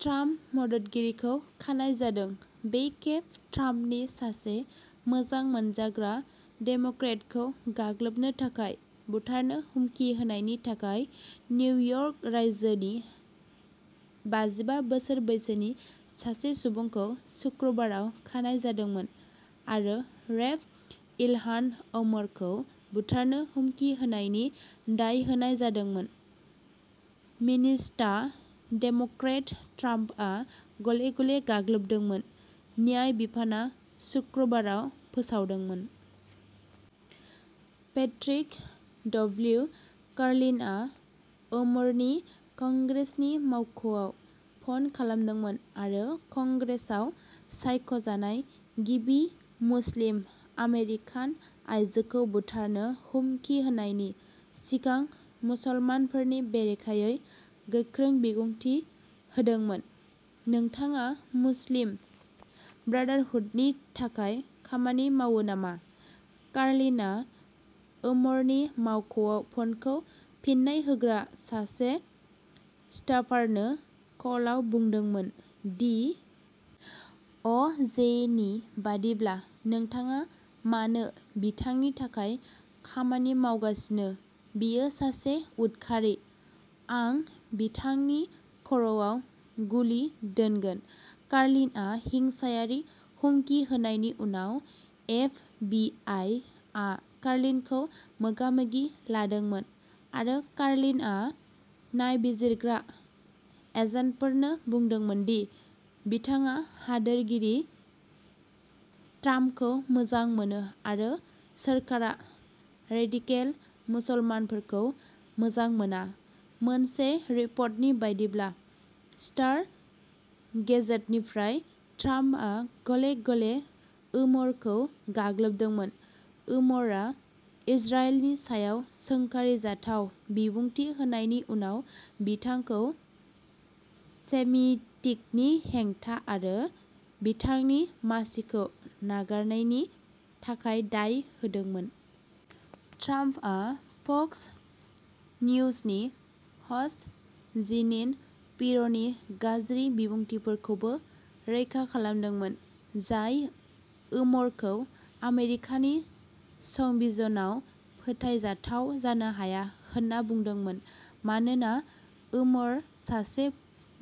Trump मददगिरिखौ खानाय जादों, बे खेब ट्राम्पनि सासे मोजां मोनजाग्रा डेम'क्रेटखौ गाग्लोबनो थाखाय बुथारनो हुमखि होनायनि थाखाय। निउयर्क रायजोनि बाजिबा बोसोर बैसोनि सासे सुबुंखौ सुक्रुबाराव खानाय जादोंमोन आरो रेप इलहान ओमरखौ बुथारनो हुमखि होनायनि दाय होनाय जादोंमोन, मिनिसटा डेम'क्रेट ट्राम्पआ गले-गले गाग्लोबदोंमोन, न्याय बिफानआ सुक्रुबाराव फोसावदोंमोन। Patrick W. कार्लिनआ ओमोरनि कंग्रेसनि मावख'आव फन खालामदोंमोन आरो कंग्रेसाव सायख'जानाय गिबि मुस्लिम आमेरिकान आयजोखौ बुथारनो हुमखि होनायनि सिगां मुसलमानफोरनि बेरेखायै गोख्रों बिबुंथि होदोंमोन। "नोंथाङा मुस्लिम ब्रादारहुडनि थाखाय खामानि मावो नामा?" कार्लिनआ ओमोरनि मावख'आव फनखौ फिननाय होग्रा सासे स्टाफारनो कलआव बुंदोंमोन, डि. अ. जे. नि बायदिब्ला। "नोंथाङा मानो बिथांनि थाखाय खामानि मावगासिनो, बियो सासे उदखारि। आं बिथांनि खर'आव गुलि दोनगोन।" कार्लिनआ हिंसायारि हुमखि होनायनि उनाव एफ. बि. आइ. आ कार्लिनखौ मोगा-मोगि लादोंमोन, आरो कार्लिनआ नायबिजिरग्रा एजेन्टफोरनो बुंदोंमोन दि "बिथाङा हादोरगिरि ट्राम्पखौ मोजां मोनो आरो सोरखारा रेडिकेल मुसलमानफोरखौ मोजां मोना", मोनसे रिपर्टनि बायदिब्ला स्टार गेजेटनिफ्राय ट्राम्पआ गले-गले ओमरखौ गाग्लोबदोंमोन, ओमरआ इजराइलनि सायाव सोंखारिजाथाव बिबुंथि होनायनि उनाव बिथांखौ सेमिटिकनि हेंथा आरो बिथांनि मासिखौ नागारनायनि थाखाय दाय होदोंमोन। ट्राम्पआ फक्स निउजनि ह'स्ट जीनिन पिर'नि गाज्रि बिबुंथिफोरखौबो रैखा खालामदोंमोन, जाय ओमरखौ आमेरिकानि संबिजनाव फोथायजाथाव जानो हाया होनना बुंदोंमोन मानोना ओमर सासे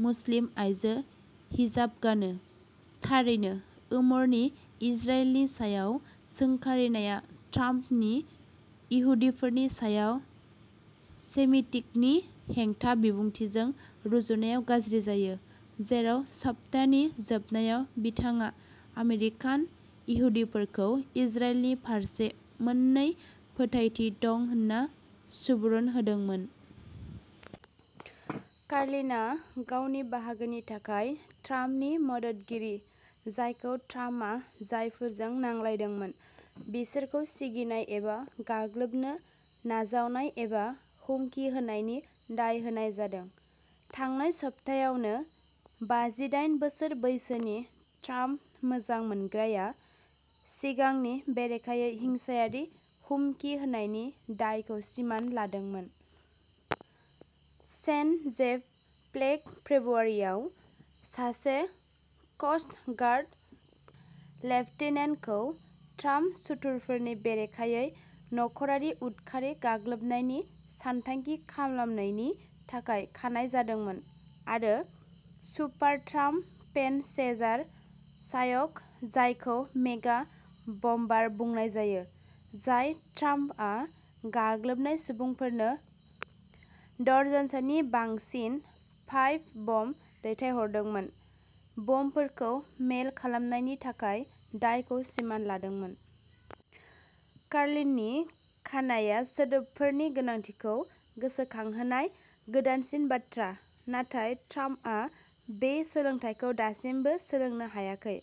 मुस्लिम आयजो हिजाब गानो। थारैनो, ओमरनि इजराइलनि सायाव सोंखारिनाया ट्राम्पनि इहुदिफोरनि सायाव सेमिटिकनि हेंथा बिबुंथिजों रुजुनायाव गाज्रि जायो, जेराव सप्तानि जोबनायाव बिथाङा आमेरिकान इहुदिफोरखौ इजराइलनि फारसे मोन्नै फोथायथि दं होन्ना सुबुरुन होदोंमोन। कार्लिनआ, गावनि बाहागोनि थाखाय, ट्राम्पनि मददगिरि, जायखौ ट्राम्पआ जायफोरजों नांलायदोंमोन, बिसोरखौ सिगिनाय एबा गाग्लोबनो नाजावनाय एबा हुमकि होनायनि दाय होनाय जादों। थांनाय सप्तायावनो, बाजिडायन बोसोर बैसोनि ट्राम्प मोजां मोनग्राया सिगांनि बेरेखायै हिंसायारि हुमखि होनायनि दायखौ सिमान लादोंमोन। सेन जेफ फ्लेक फेब्रुवारियाव, सासे क'स्ट गार्ड लेफ्टिनेन्टखौ ट्राम्प सुथुरफोरनि बेरेखायै नखरारि उदखारि गाग्लोबनायनि सानथांखि खालामनायनि थाखाय खानाय जादोंमोन। आरो super Trump fan Cesar Sayoc, जायखौ मेगा बमबार बुंनाय जायो जाय ट्राम्पआ गाग्लोबनाय सुबुंफोरनो दर्जनसेनि बांसिन पाइप बम दैथायहरदोंमोन, बमफोरखौ मेइल खालामनायनि थाखाय दायखौ सिमान लादोंमोन। कार्लिननि खानायआ सोदोबफोरनि गोनांथिखौ गोसोखांहोनाय गोदानसिन बाथ्रा। नाथाय ट्राम्पआ बे सोलोंथायखौ दासिमबो सोलोंनो हायाखै।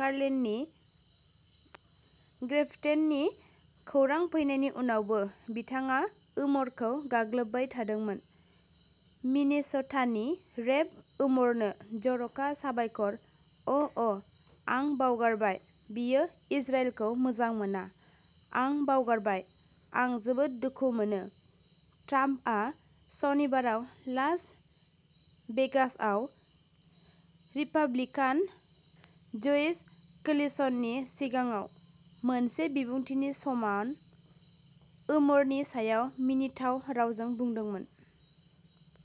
कार्लिननि ग्रेप्तेननि खौरां फैनायनि उनावबो बिथाङा ओमरखौ गाग्लोबबाय थादोंमोन। "मिनेस'टानि रेप ओमरनो जर'खा साबायखर, अ ', अ', आं बावगारबाय, बियो इजराइलखौ मोजां मोना, आं बावगारबाय, आं जोबोद दुखु मोनो", ट्राम्पआ सनिबाराव लास भेगासआव रिपाब्लिकान ज्युइश कोलिशननि सिगाङाव मोनसे बिबुंथिनि समान ओमरनि सायाव मिनिथाव रावजों बुंदोंमोन।